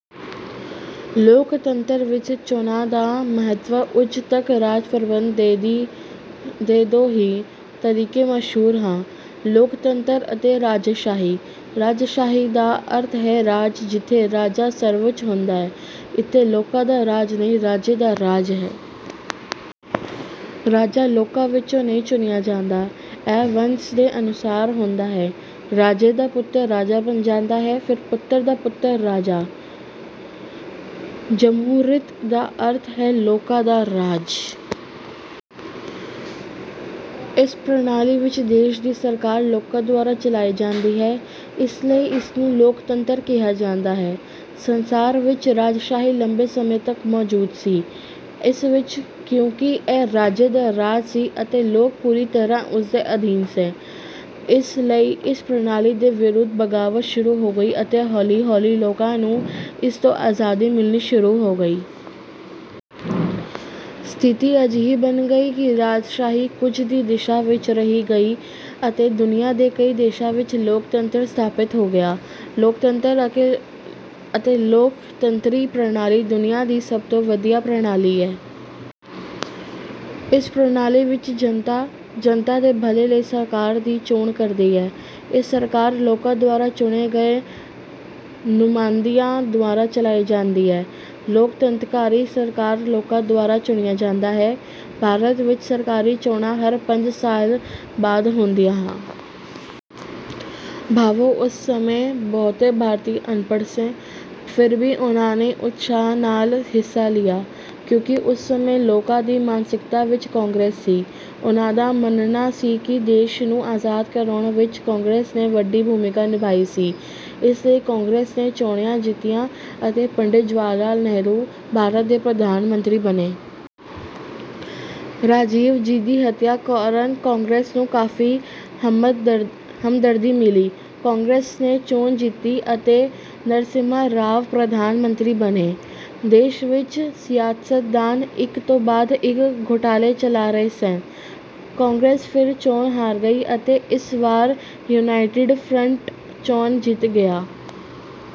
ਲੋਕਤੰਤਰ ਵਿੱਚ ਚੋਣਾਂ ਦਾ ਮਹੱਤਵ ਅੱਜ ਤੱਕ ਰਾਜ ਪ੍ਰਬੰਧ ਦੇ ਦੋ ਹੀ ਤਰੀਕੇ ਮਸ਼ਹੂਰ ਹਨ, ਲੋਕਤੰਤਰ ਅਤੇ ਰਾਜਸ਼ਾਹੀ। ਰਾਜਸ਼ਾਹੀ ਦਾ ਅਰਥ ਹੈ ਰਾਜ ਜਿੱਥੇ ਰਾਜਾ ਸਰਵਉੱਚ ਹੁੰਦਾ ਹੈ। ਇੱਥੇ ਲੋਕਾਂ ਦਾ ਰਾਜ ਨਹੀਂ, ਰਾਜੇ ਦਾ ਰਾਜ ਹੈ। ਰਾਜਾ ਲੋਕਾਂ ਵਿੱਚੋਂ ਨਹੀਂ ਚੁਣਿਆ ਜਾਂਦਾ। ਇਹ ਵੰਸ਼ ਦੇ ਅਨੁਸਾਰ ਹੁੰਦਾ ਹੈ। ਰਾਜੇ ਦਾ ਪੁੱਤਰ ਰਾਜਾ ਬਣ ਜਾਂਦਾ ਹੈ, ਫਿਰ ਪੁੱਤਰ ਦਾ ਪੁੱਤਰ ਰਾਜਾ ਬਣ ਜਾਂਦਾ ਹੈ, ਪਰ ਜਮਹੂਰੀਅਤ ਦਾ ਅਰਥ ਹੈ ਲੋਕਾਂ ਦਾ ਰਾਜ। ਇਸ ਪ੍ਰਣਾਲੀ ਵਿੱਚ ਦੇਸ਼ ਦੀ ਸਰਕਾਰ ਲੋਕਾਂ ਦੁਆਰਾ ਚਲਾਈ ਜਾਂਦੀ ਹੈ, ਇਸ ਲਈ ਇਸਨੂੰ ਲੋਕਤੰਤਰ ਕਿਹਾ ਜਾਂਦਾ ਹੈ। ਸੰਸਾਰ ਵਿੱਚ ਰਾਜਸ਼ਾਹੀ ਲੰਬੇ ਸਮੇਂ ਤੋਂ ਮੌਜੂਦ ਸੀ। ਇਸ ਵਿਚ ਕਿਉਂਕਿ ਇਹ ਰਾਜੇ ਦਾ ਰਾਜ ਸੀ ਅਤੇ ਲੋਕ ਪੂਰੀ ਤਰ੍ਹਾਂ ਉਸ ਦੇ ਅਧੀਨ ਸਨ, ਇਸ ਲਈ ਇਸ ਪ੍ਰਣਾਲੀ ਦੇ ਵਿਰੁੱਧ ਬਗਾਵਤ ਸ਼ੁਰੂ ਹੋ ਗਈ ਅਤੇ ਹੌਲੀ-ਹੌਲੀ ਲੋਕਾਂ ਨੂੰ ਇਸ ਤੋਂ ਆਜ਼ਾਦੀ ਮਿਲਣੀ ਸ਼ੁਰੂ ਹੋ ਗਈ। ਸਥਿਤੀ ਅਜਿਹੀ ਬਣ ਗਈ ਕਿ ਰਾਜਸ਼ਾਹੀ ਕੁਝ ਹੀ ਦੇਸ਼ਾਂ ਵਿਚ ਰਹਿ ਗਈ ਅਤੇ ਦੁਨੀਆ ਦੇ ਕਈ ਦੇਸ਼ਾਂ ਵਿਚ ਲੋਕਤੰਤਰ ਸਥਾਪਿਤ ਹੋ ਗਿਆ। ਲੋਕਤੰਤਰ ਅਤੇ ਲੋਕਤੰਤਰੀ ਪ੍ਰਣਾਲੀ ਦੁਨੀਆਂ ਦੀ ਸਭ ਤੋਂ ਵਧੀਆ ਪ੍ਰਣਾਲੀ ਹੈ। ਇਸ ਪ੍ਰਣਾਲੀ ਵਿੱਚ, ਜਨਤਾ, ਜਨਤਾ ਦੇ ਭਲੇ ਲਈ ਸਰਕਾਰ ਦੀ ਚੋਣ ਕਰਦੀ ਹੈ। ਇਹ ਸਰਕਾਰ ਲੋਕਾਂ ਦੁਆਰਾ ਚੁਣੇ ਗਏ ਨੁਮਾਇੰਦਿਆਂ ਦੁਆਰਾ ਚਲਾਈ ਜਾਂਦੀ ਹੈ। ਲੋਕਤੰਤਰੀ ਸਰਕਾਰ ਲੋਕਾਂ ਦੁਆਰਾ ਚੁਣੀ ਜਾਂਦੀ ਹੈ। ਭਾਰਤ ਵਿੱਚ ਸਰਕਾਰੀ ਚੋਣਾਂ ਹਰ ਪੰਜ ਸਾਲ ਬਾਅਦ ਹੁੰਦੀਆਂ ਹਨ। ਭਾਵੇਂ ਉਸ ਸਮੇਂ ਬਹੁਤੇ ਭਾਰਤੀ ਅਨਪੜ੍ਹ ਸਨ, ਫਿਰ ਵੀ ਉਨ੍ਹਾਂ ਨੇ ਉਤਸ਼ਾਹ ਨਾਲ ਹਿੱਸਾ ਲਿਆ। ਕਿਉਂਕਿ ਉਸ ਸਮੇਂ ਲੋਕਾਂ ਦੀ ਮਾਨਸਿਕਤਾ ਵਿੱਚ ਕਾਂਗਰਸ ਸੀ। ਉਨ੍ਹਾਂ ਦਾ ਮੰਨਣਾ ਸੀ ਕਿ ਦੇਸ਼ ਨੂੰ ਆਜ਼ਾਦ ਕਰਵਾਉਣ ਵਿੱਚ ਕਾਂਗਰਸ ਨੇ ਵੱਡੀ ਭੂਮਿਕਾ ਨਿਭਾਈ ਸੀ, ਇਸ ਲਈ ਕਾਂਗਰਸ ਨੇ ਚੋਣਾਂ ਜਿੱਤੀਆਂ ਅਤੇ ਪੰਡਿਤ ਜਵਾਹਰ ਲਾਲ ਨਹਿਰੂ ਭਾਰਤ ਦੇ ਪ੍ਰਧਾਨ ਮੰਤਰੀ ਬਣੇ। ਰਾਜੀਵ ਜੀ ਦੀ ਹੱਤਿਆ ਕਾਰਨ ਕਾਂਗਰਸ ਨੂੰ ਕਾਫੀ ਹਮਦਰਦੀ ਮਿਲੀ। ਕਾਂਗਰਸ ਨੇ ਚੋਣ ਜਿੱਤੀ ਅਤੇ ਨਰਸਿਮਹਾ ਰਾਓ ਪ੍ਰਧਾਨ ਮੰਤਰੀ ਬਣੇ। ਦੇਸ਼ ਵਿੱਚ ਸਿਆਸਤਦਾਨ ਇੱਕ ਤੋਂ ਬਾਅਦ ਇੱਕ ਘੁਟਾਲੇ ਚਲਾ ਰਹੇ ਸਨ। ਕਾਂਗਰਸ ਫਿਰ ਚੋਣ ਹਾਰ ਗਈ ਅਤੇ ਇਸ ਵਾਰ ਯੂਨਾਈਟਿਡ ਫਰੰਟ ਚੋਣ ਜਿੱਤ ਗਿਆ।